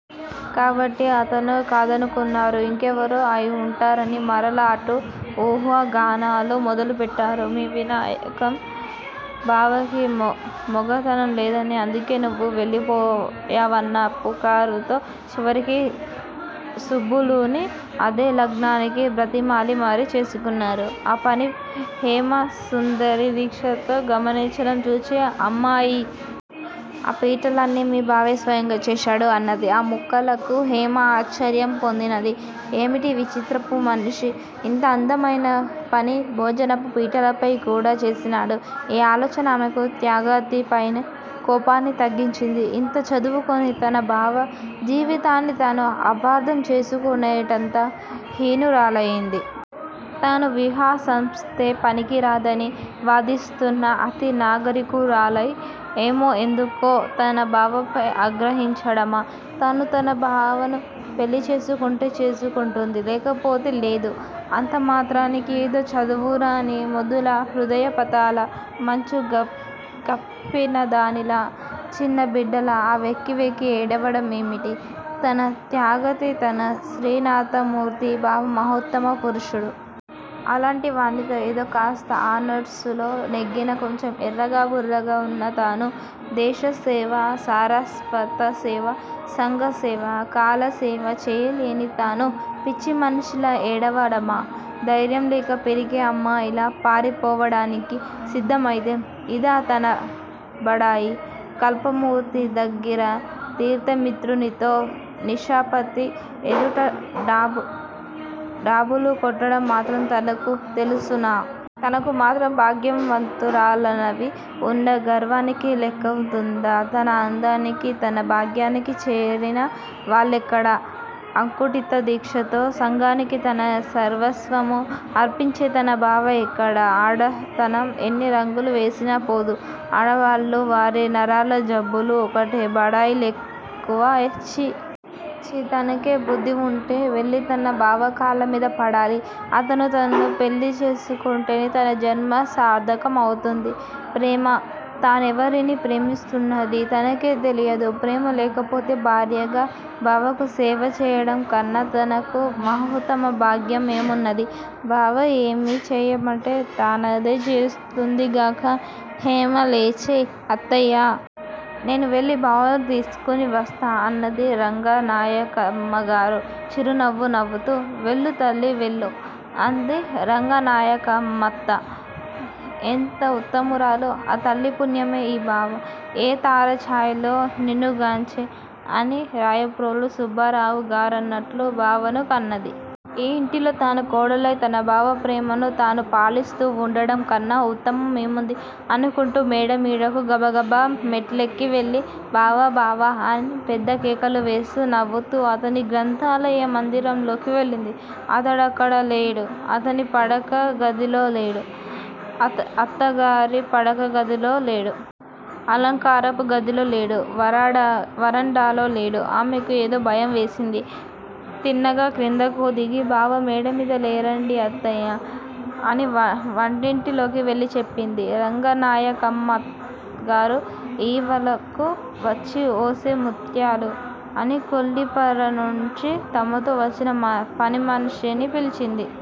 కాబట్టి అతనూ కాదనుకున్నారు ఇంకెవరో అయివుంటారని మరలా అటు ఊహాగానాలు మొదలుపెట్టారు. మీ వినాయకం బావకి మొగతనం లేదని, అందుకే నువ్వు వెళ్ళిపోయావన్న పుకారుతో చివరికి సుబ్బులుని అదే లగ్నానికి బ్రతిమాలి మరీ చేసుకున్నారు. ఆ పని హేమసుందరి దీక్షతో గమనించడం చూచి, '' అమ్మాయీ! ఆ పీటలన్నీ మీ బావే స్వయంగా చేశాడు'' అన్నది. ఆ ముక్కలకు హేమ ఆశ్చర్యం పొందినది. ఏమిటీ విచిత్రపు మనిషి, ఇంత అందమైనపని భోజనపు పీటలపై కూడా చేసినాడు! ఈ ఆలోచన ఆమెకు త్యాగతిపైన కోపాన్ని తగ్గించింది. ఇంత చదువుకొని, తన బావ జీవితాన్ని తాను అపార్థం చేసుకునేటంత హీనురాలయింది. తాను విహసంస్థే పనికిరాదని వాదిస్తూన్న అతి నాగరికురాలై, ఏమో ఎందుకో తన బావపై ఆగ్రహించడమా? తాను తన బావను పెళ్ళిచేసుకుంటే చేసుకుంటుంది, లేకపోతే లేదు. అంతమాత్రానికి ఏదో చదువురాని మొద్దులా, హృదయపథాల మంచు గప్పినదానిలా, చిన్న బిడ్డలా ఆ వెక్కి వెక్కి ఏడవడం ఏమిటి? తన త్యాగతి, తన శ్రీనాథమూర్తి బావ మహోత్తమ పురుషుడు. అలాంటివానితో ఏదో కాస్త ఆనర్సులో నెగ్గిన కొంచెం ఎర్రగా బుర్రగా ఉన్న తాను, దేశసేవ, సారస్వతసేవ, సంఘసేవ, కలాసేవ చేయలేని తాను, పిచ్చిమనిషిలా ఏడవడమా? ధైర్యంలేక, పిరికి అమ్మాయిలా పారిపోవడానికి సిద్దం అయితే! ఇదా తనబడాయి? కల్పమూర్తి దగ్గిర, తీర్థమిత్రునితో, నిశాపతి ఎదుట డాబులు కొట్టడం మాత్రం తనకు తెలుసునా? తనకు మాత్రం భాగ్యంవంతురాలని ఉన్న గర్వానికి లెక్కవుందా? తన అందానికీ, తన భాగ్యానికీ చేరిన వాళ్ళెక్కడ! అంకుఠితదీక్షతో సంఘానికి తన సర్వస్వము అర్పించే తన బావ ఎక్కడ! ఆడతనం ఎన్ని రంగులు వేసినా పోదు! ఆడవాళ్ళూ, వారి నరాల జబ్బులూ ఒకటే! బడాయి లెక్కువ! ఛీ! ఛీ! తనకే బుద్దివుంటే, వెళ్ళి తన బావ కాళ్ళమీదపడాలి. అతను తన్ను పెళ్ళిచేసుకుంటేనే తన జన్మసార్ధకం అవుతుంది. ప్రేమా? తానెవరిని ప్రేమిస్తున్నదీ తనకే తెలియదు. ప్రేమ లేకపోతే భార్యగా బావకు సేవచేయడంకన్న తనకు మహోత్తమ భాగ్యం ఏమున్నది? బావ ఏమి చేయమంటే తానదే చేస్తుందిగాక! హేమ లేచి '' అత్తయ్యా! నేను వెళ్ళి బావను తీసుకొని వస్తా '' అన్నది. రంగనాయకమ్మగారు చిరునవ్వు నవ్వుతూ '' వెళ్ళు తల్లీ వెళ్ళు '' అంది. రంగనాయకమ్మత్త ఎంత ఉత్తమురాలు. ఆ తల్లి పుణ్యమే ఈ బావ! '' ఏ తార చాయలో నినుగాంచె'' అని రాయప్రోలు సుబ్బారావుగారన్నట్లు బావను కన్నది. ఈ ఇంటిలో తాను కోడలై తన బావ ప్రేమను తాను పాలిస్తూ వుండడంకన్న ఉత్తమం ఏముంది? అనుకుంటూ మేడమీడకు గబగబ మెట్లెక్కి వెళ్ళి '' బావా! బావా! '' అని పెద్దకేకలువేస్తూ, నవ్వుతూ అతని గ్రంథాలయ మందిరంలోకి వెళ్ళింది. అతడక్కడలేడు. అతని పడక గదిలో లేడు, అత్తగారి పడకగదిలో లేడు. అలంకారపు గదిలో లేడు. వరండాలో లేడు. ఆమెకు ఏదో భయం వేసింది తిన్నగా క్రిందకు దిగి, '' బావ మేడమీద లేరండీ అత్తయ్యా? '' అని వంటింటిలోకి వెళ్ళి చెప్పింది. రంగనాయకమ్మగారు ఈవలకు వచ్చి ''ఒసే ముత్యాలూ! '' అని కొల్లిపరనుంచి తమతో వచ్చిన పనిమనిషిని పిలిచింది.